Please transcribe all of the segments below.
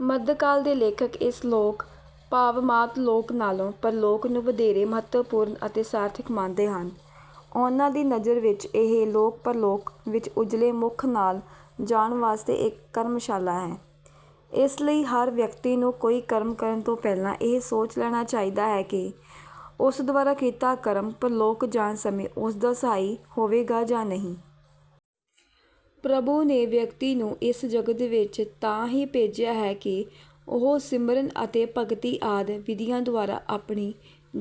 ਮੱਧਕਾਲ ਦੇ ਲੇਖਕ ਇਸ ਲੋਕ, ਭਾਵ ਮਾਤ-ਲੋਕ ਨਾਲੋਂ ਪਰਲੋਕ ਨੂੰ ਵਧੇਰੇ ਮਹੱਤਵਪੂਰਨ ਅਤੇ ਸਾਰਥਿਕ ਮੰਨਦੇ ਹਨ। ਉਨ੍ਹਾਂ ਦੀ ਨਜ਼ਰ ਵਿੱਚ ਇਹ ਲੋਕ ਪਰਲੋਕ ਵਿੱਚ ਉਜਲੇ ਮੁੱਖ ਨਾਲ ਜਾਣ ਵਾਸਤੇ ਇੱਕ ਕਰਮਸ਼ਾਲਾ ਹੈ। ਇਸ ਲਈ ਹਰ ਵਿਅਕਤੀ ਨੂੰ ਕੋਈ ਕਰਮ ਕਰਨ ਤੋਂ ਪਹਿਲਾਂ ਇਹ ਸੋਚ ਲੈਣਾ ਚਾਹੀਦਾ ਹੈ ਕਿ ਉਸ ਦੁਆਰਾ ਕੀਤਾ ਕਰਮ ਪਰਲੋਕ ਜਾਣ ਸਮੇਂ ਉਸ ਦਾ ਸਹਾਈ ਹੋਵੇਗਾ ਜਾਂ ਨਹੀਂ। ਪ੍ਰਭੂ ਨੇ ਵਿਅਕਤੀ ਨੂੰ ਇਸ ਜਗਤ ਵਿੱਚ ਤਾਂ ਹੀ ਭੇਜਿਆ ਹੈ ਕਿ ਉਹ ਸਿਮਰਨ ਅਤੇ ਭਗਤੀ ਆਦਿ ਵਿਧੀਆਂ ਦੁਆਰਾ ਆਪਣੀ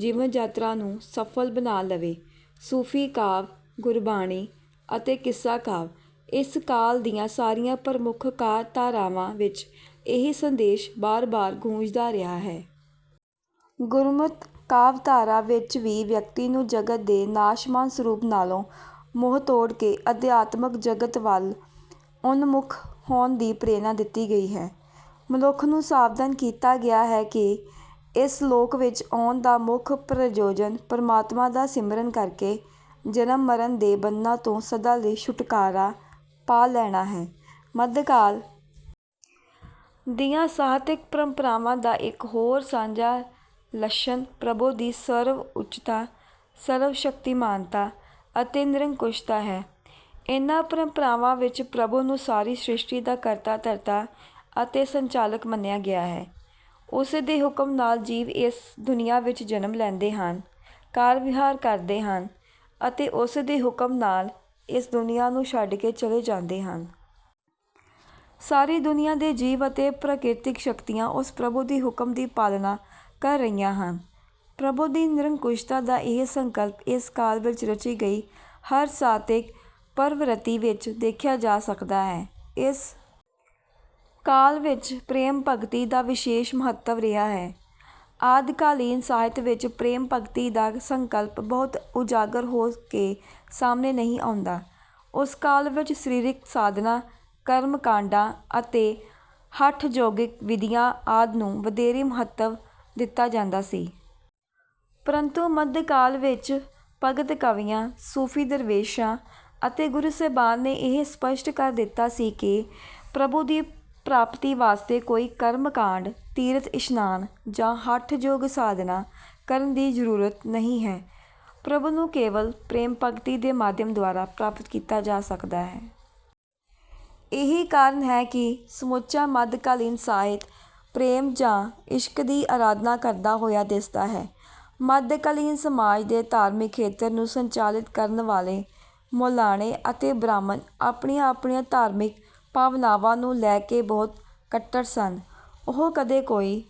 ਜੀਵਨ-ਯਾਤਰਾ ਨੂੰ ਸਫ਼ਲ ਬਣਾ ਲਵੇ। ਸੂਫ਼ੀ ਕਾਵਿ, ਗੁਰਬਾਣੀ ਅਤੇ ਕਿੱਸਾ ਕਾਵਿ—ਇਸ ਕਾਲ ਦੀਆਂ ਸਾਰੀਆਂ ਪ੍ਰਮੁੱਖ ਕਾਵਿ-ਧਾਰਾਵਾਂ ਵਿੱਚ ਇਹੀ ਸੰਦੇਸ਼ ਬਾਰ-ਬਾਰ ਗੂੰਜਦਾ ਰਿਹਾ ਹੈ। ਗੁਰਮਤਿ ਕਾਵਿ-ਧਾਰਾ ਵਿੱਚ ਵੀ ਵਿਅਕਤੀ ਨੂੰ ਜਗਤ ਦੇ ਨਾਸ਼ਮਾਨ ਸਰੂਪ ਨਾਲੋਂ ਮੋਹ ਤੋੜ ਕੇ ਅਧਿਆਤਮਕ ਜਗਤ ਵੱਲ ਉਨਮੁੱਖ ਹੋਣ ਦੀ ਪ੍ਰੇਰਣਾ ਦਿੱਤੀ ਗਈ ਹੈ। ਮਨੁੱਖ ਨੂੰ ਸਾਵਧਾਨ ਕੀਤਾ ਗਿਆ ਹੈ ਕਿ ਇਸ ਲੋਕ ਵਿੱਚ ਆਉਣ ਦਾ ਮੁੱਖ ਪ੍ਰਯੋਜਨ ਪ੍ਰਮਾਤਮਾ ਦਾ ਸਿਮਰਨ ਕਰਕੇ ਜਨਮ-ਮਰਨ ਦੇ ਬੰਧਨਾਂ ਤੋਂ ਸਦਾ ਲਈ ਛੁਟਕਾਰਾ ਪਾ ਲੈਣਾ ਹੈ। ਮੱਧਕਾਲ ਦੀਆਂ ਸਾਹਿਤਿਕ ਪਰੰਪਰਾਵਾਂ ਦਾ ਇੱਕ ਹੋਰ ਸਾਂਝਾ ਲੱਛਣ ਪ੍ਰਭੂ ਦੀ ਸਰਵਉੱਚਤਾ, ਸਰਵ-ਸ਼ਕਤੀਮਾਨਤਾ ਅਤੇ ਨਿਰੰਕੁਸ਼ਤਾ ਹੈ। ਇਨ੍ਹਾਂ ਪਰੰਪਰਾਵਾਂ ਵਿੱਚ ਪ੍ਰਭੂ ਨੂੰ ਸਾਰੀ ਸ੍ਰਿਸ਼ਟੀ ਦਾ ਕਰਤਾ-ਧਰਤਾ ਅਤੇ ਸੰਚਾਲਕ ਮੰਨਿਆ ਗਿਆ ਹੈ। ਉਸੇ ਦੇ ਹੁਕਮ ਨਾਲ ਜੀਵ ਇਸ ਦੁਨੀਆਂ ਵਿੱਚ ਜਨਮ ਲੈਂਦੇ ਹਨ, ਕਾਰ-ਵਿਹਾਰ ਕਰਦੇ ਹਨ ਅਤੇ ਉਸੇ ਦੇ ਹੁਕਮ ਨਾਲ ਇਸ ਦੁਨੀਆਂ ਨੂੰ ਛੱਡ ਕੇ ਚਲੇ ਜਾਂਦੇ ਹਨ। ਸਾਰੀ ਦੁਨੀਆਂ ਦੇ ਜੀਵ ਅਤੇ ਪ੍ਰਕ੍ਰਿਤਕ ਸ਼ਕਤੀਆਂ ਉਸ ਪ੍ਰਭੂ ਦੇ ਹੁਕਮ ਦੀ ਪਾਲਣਾ ਕਰ ਰਹੀਆਂ ਹਨ। ਪ੍ਰਭੂ ਦੀ ਨਿਰੰਕੁਸ਼ਤਾ ਦਾ ਇਹ ਸੰਕਲਪ ਇਸ ਕਾਲ ਵਿੱਚ ਰਚੀ ਗਈ ਹਰ ਸਾਹਿਤਕ ਪ੍ਰਵਿਰਤੀ ਵਿੱਚ ਦੇਖਿਆ ਜਾ ਸਕਦਾ ਹੈ। ਇਸ ਕਾਲ ਵਿੱਚ ਪ੍ਰੇਮ-ਭਗਤੀ ਦਾ ਵਿਸ਼ੇਸ਼ ਮਹੱਤਵ ਰਿਹਾ ਹੈ। ਆਦਿਕਾਲੀਨ ਸਾਹਿਤ ਵਿੱਚ ਪ੍ਰੇਮ-ਭਗਤੀ ਦਾ ਸੰਕਲਪ ਬਹੁਤਾ ਉਜਾਗਰ ਹੋ ਕੇ ਸਾਹਮਣੇ ਨਹੀਂ ਆਉਂਦਾ। ਉਸ ਕਾਲ ਵਿੱਚ ਸਰੀਰਕ ਸਾਧਨਾਂ, ਕਰਮ-ਕਾਂਡਾਂ ਅਤੇ ਹਠ-ਯੋਗਿਕ ਵਿਧੀਆਂ ਆਦਿ ਨੂੰ ਵਧੇਰੇ ਮਹੱਤਵ ਦਿੱਤਾ ਜਾਂਦਾ ਸੀ। ਪਰੰਤੂ ਮੱਧਕਾਲ ਵਿੱਚ ਭਗਤ ਕਵੀਆਂ, ਸੂਫ਼ੀ ਦਰਵੇਸ਼ਾਂ ਅਤੇ ਗੁਰੂ ਸਾਹਿਬਾਨ ਨੇ ਇਹ ਸਪਸ਼ਟ ਕਰ ਦਿੱਤਾ ਸੀ ਕਿ ਪ੍ਰਭੂ ਦੀ ਪ੍ਰਾਪਤੀ ਵਾਸਤੇ ਕੋਈ ਕਰਮ-ਕਾਂਡ, ਤੀਰਥ-ਇਸ਼ਨਾਨ ਜਾਂ ਹਠਯੋਗ-ਸਾਧਨਾ ਕਰਨ ਦੀ ਜ਼ਰੂਰਤ ਨਹੀਂ ਹੈ। ਪ੍ਰਭੂ ਨੂੰ ਕੇਵਲ ਪ੍ਰੇਮ-ਭਗਤੀ ਦੇ ਮਾਧਿਅਮ ਦੁਆਰਾ ਪ੍ਰਾਪਤ ਕੀਤਾ ਜਾ ਸਕਦਾ ਹੈ। ਇਹੀ ਕਾਰਨ ਹੈ ਕਿ ਸਮੁੱਚਾ ਮੱਧਕਾਲੀਨ ਸਾਹਿਤ ਪ੍ਰੇਮ ਜਾਂ ਇਸ਼ਕ ਦੀ ਅਰਾਧਨਾ ਕਰਦਾ ਹੋਇਆ ਦਿਸਦਾ ਹੈ। ਮੱਧਕਾਲੀਨ ਸਮਾਜ ਦੇ ਧਾਰਮਿਕ ਖੇਤਰ ਨੂੰ ਸੰਚਾਲਿਤ ਕਰਨ ਵਾਲੇ ਮੌਲਾਣੇ ਅਤੇ ਬ੍ਰਾਹਮਣ ਆਪਣੀਆਂ-ਆਪਣੀਆਂ ਧਾਰਮਿਕ ਭਾਵਨਾਵਾਂ ਨੂੰ ਲੈ ਕੇ ਬਹੁਤ ਕੱਟੜ ਸਨ। ਉਹ ਕਦੇ ਕੋਈ...